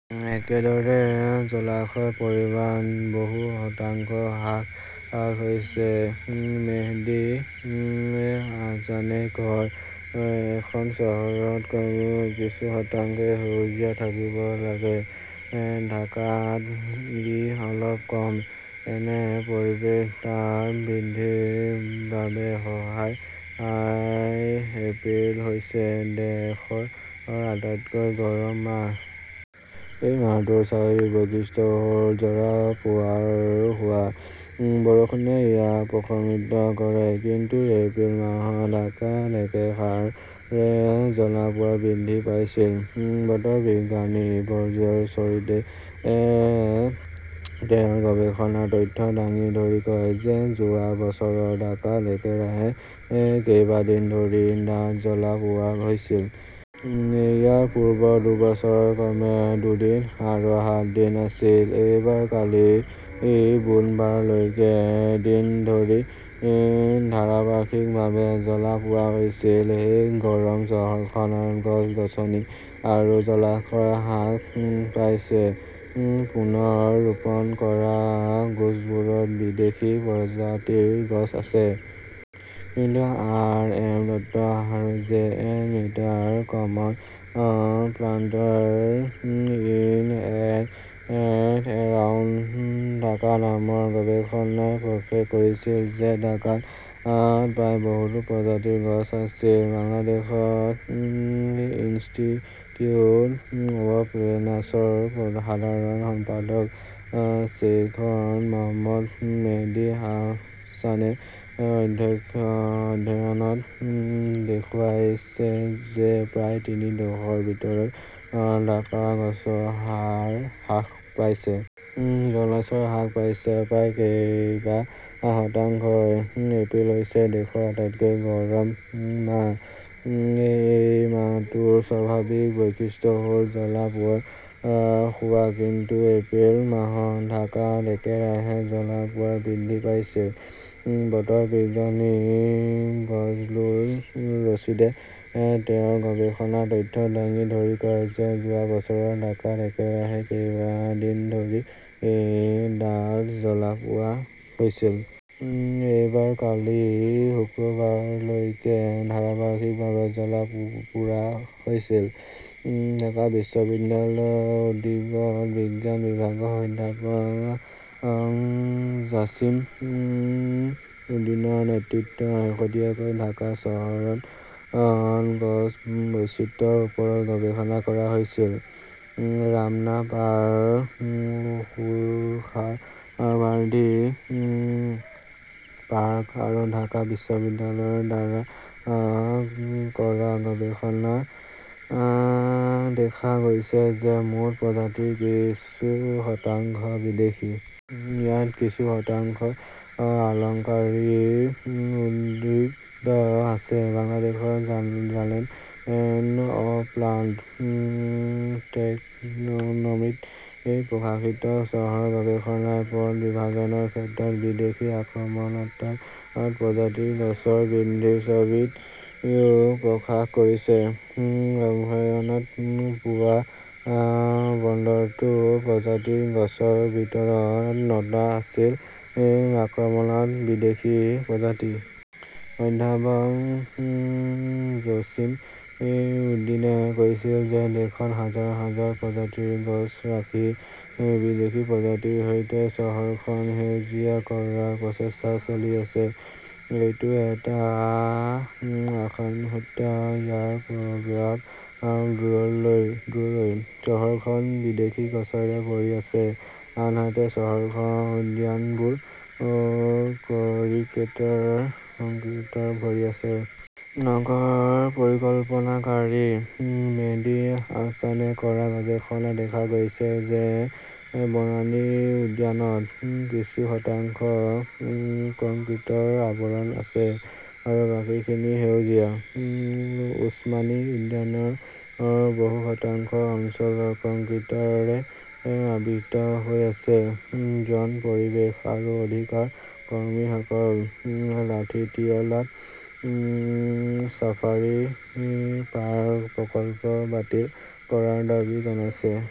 একেদৰে, জলাশয়ৰ পৰিমাণ বহু শতাংশ হ্ৰাস হৈছে। মেহদী আহছানে কয়, এখন চহৰত কমেও কিছু শতাংশ সেউজীয়া থাকিব লাগে। ঢাকাত ই অলপ কম। এনে পৰিৱেশ তাপ বৃদ্ধিৰ বাবে সহায়ক। এপ্ৰিল হৈছে দেশৰ আটাইতকৈ গৰম মাহ। এই মাহটোৰ স্বাভাৱিক বৈশিষ্ট্য হ'ল জ্বলা-পোৰা হোৱা। বৰষুণে ইয়াক প্ৰশমিত কৰে। কিন্তু এপ্ৰিল মাহত ঢাকাত একেৰাহে জ্বলা-পোৰা বৃদ্ধি পাইছিল। বতৰ বিজ্ঞানী বজলুৰ ৰছিদে তেওঁৰ গৱেষণাৰ তথ্য দাঙি ধৰি কয় যে যোৱা বছৰ ঢাকাত একেৰাহে কেইবা‌ দিন ধৰি ডাঠ জ্বলা-পোৰা হৈছিল। ইয়াৰ পূৰ্বৰ দুবছৰত ক্ৰমে দুদিন আৰু সাত দিন আছিল। এইবাৰ কালি বুধবাৰলৈকে দিন ধৰি ধাৰাবাহিকভাৱে জ্বলা-পোৰা হৈছিল। এই গৰম চহৰখনত গছ-গছনি আৰু জলাশয় হ্ৰাস পাইছে। পুনৰ ৰোপণ কৰা গছবোৰত বিদেশী প্ৰজাতিৰ গছ আছে। কিন্তু আৰ. এম. দত্ত আৰু জে. এন. মিত্ৰাৰ common plants in and around Dhaka নামৰ গৱেষণাই প্ৰকাশ কৰিছিল যে ঢাকাত প্ৰায় বহুত‌ প্ৰজাতিৰ গছ আছিল। বাংলাদেশ ইনষ্টিটিউট অৱ প্লেনাৰ্ছৰ সাধাৰণ সম্পাদক শ্বেইখ মহম্মদ মেহদী আহছানে অধ্যয়নত দেখুৱাইছে যে প্ৰায় তিনি দশকৰ ভিতৰত ঢাকাৰ গছৰ হাৰ হ্ৰাস পাইছে। জলাশয় হ্ৰাস পাইছে প্ৰায় কেইবা শতাংশ। এপ্ৰিল হৈছে দেশৰ আটাইতকৈ গৰম মাহ। এই মাহটোৰ স্বাভাৱিক বৈশিষ্ট্য হ'ল জ্বলা-পোৰা হোৱা। কিন্তু এপ্ৰিল মাহত ঢাকাত একেৰাহে জ্বলা-পোৰা বৃদ্ধি পাইছিল। বতৰ বিজ্ঞানী বজলুৰ ৰছিদে তেওঁৰ গৱেষণাৰ তথ্য দাঙি ধৰি কয় যে যোৱা বছৰ ঢাকাত একেৰাহে কেইবা দিন ধৰি ডাঠ জ্বলা-পোৰা হৈছিল। এইবাৰ কালি শুক্ৰবাৰলৈকে ধাৰাবাহিকভাৱে জ্বলা-পোৰা হৈছিল। ঢাকা বিশ্ববিদ্যালয়ৰ উদ্ভিদ বিজ্ঞান বিভাগৰ অধ্যাপক জাছিম উদিনৰ নেতৃত্বত শেহতীয়াকৈ ঢাকা চহৰত গছৰ বৈচিত্ৰ্যৰ ওপৰত গৱেষণা কৰা হৈছিল। ৰামনা পাৰ্ক, সোহৰাৱাৰ্ডি পাৰ্ক আৰু ঢাকা বিশ্ববিদ্যালয়ৰ দ্বাৰা কৰা গৱেষণাত দেখা গৈছে যে‌ মুঠ প্ৰজাতিৰ কিছু শতাংশ বিদেশী। ইয়াত কিছু শতাংশ আলংকাৰিক উদ্ভিদ আছে। বাংলাদেশ জাৰ্নেল অৱ প্লাণ্ট টেক্সনমীত প্ৰকাশিত চনৰ গৱেষণাই পথ বিভাজনৰ ক্ষেত্ৰত বিদেশী আক্ৰমণাত্মক প্ৰজাতিৰ গছৰ বৃদ্ধিৰ ছবিও প্ৰকাশ কৰিছে। অধ্যয়নত পোৱা পোন্ধৰটা প্ৰজাতিৰ গছৰ ভিতৰত নটা আছিল আক্ৰমণাত্মক বিদেশী প্ৰজাতি। অধ্যাপক জছিম উদ্দিনে কৈছিল যে দেশত হাজাৰ হাজাৰ প্ৰজাতিৰ গছ ৰাখি বিদেশী প্ৰজাতিৰ সৈতে চহৰখন সেউজীয়া কৰাৰ প্ৰচেষ্টা চলি আছে। এইটো এটা আত্মহত্যা। ইয়াৰ প্ৰভাৱ দূৰৈৰ। চহৰখন বিদেশী গছৰে ভৰি আছে, আনহাতে চহৰখনৰ উদ্যানবোৰ কংক্ৰিটেৰে ভৰি আছে। নগৰ পৰিকল্পনাকাৰী মেহদী আহছানে কৰা গৱেষণাত দেখা গৈছে যে বনানী উদ্যানত কিছু শতাংশ কংক্ৰিটৰ আৱৰণ আছে, বাকীখিনি সেউজীয়া। ওছমানী উদ্যানৰ বহু শতাংশ অঞ্চল কংক্ৰিটেৰে আবৃত হৈ আছে। জন পৰিৱেশ আৰু অধিকাৰ কৰ্মীসকলে লাথিট্টিলাত ছাফাৰী পাৰ্ক প্ৰকল্প বাতিল কৰাৰ দাবী জনাইছে।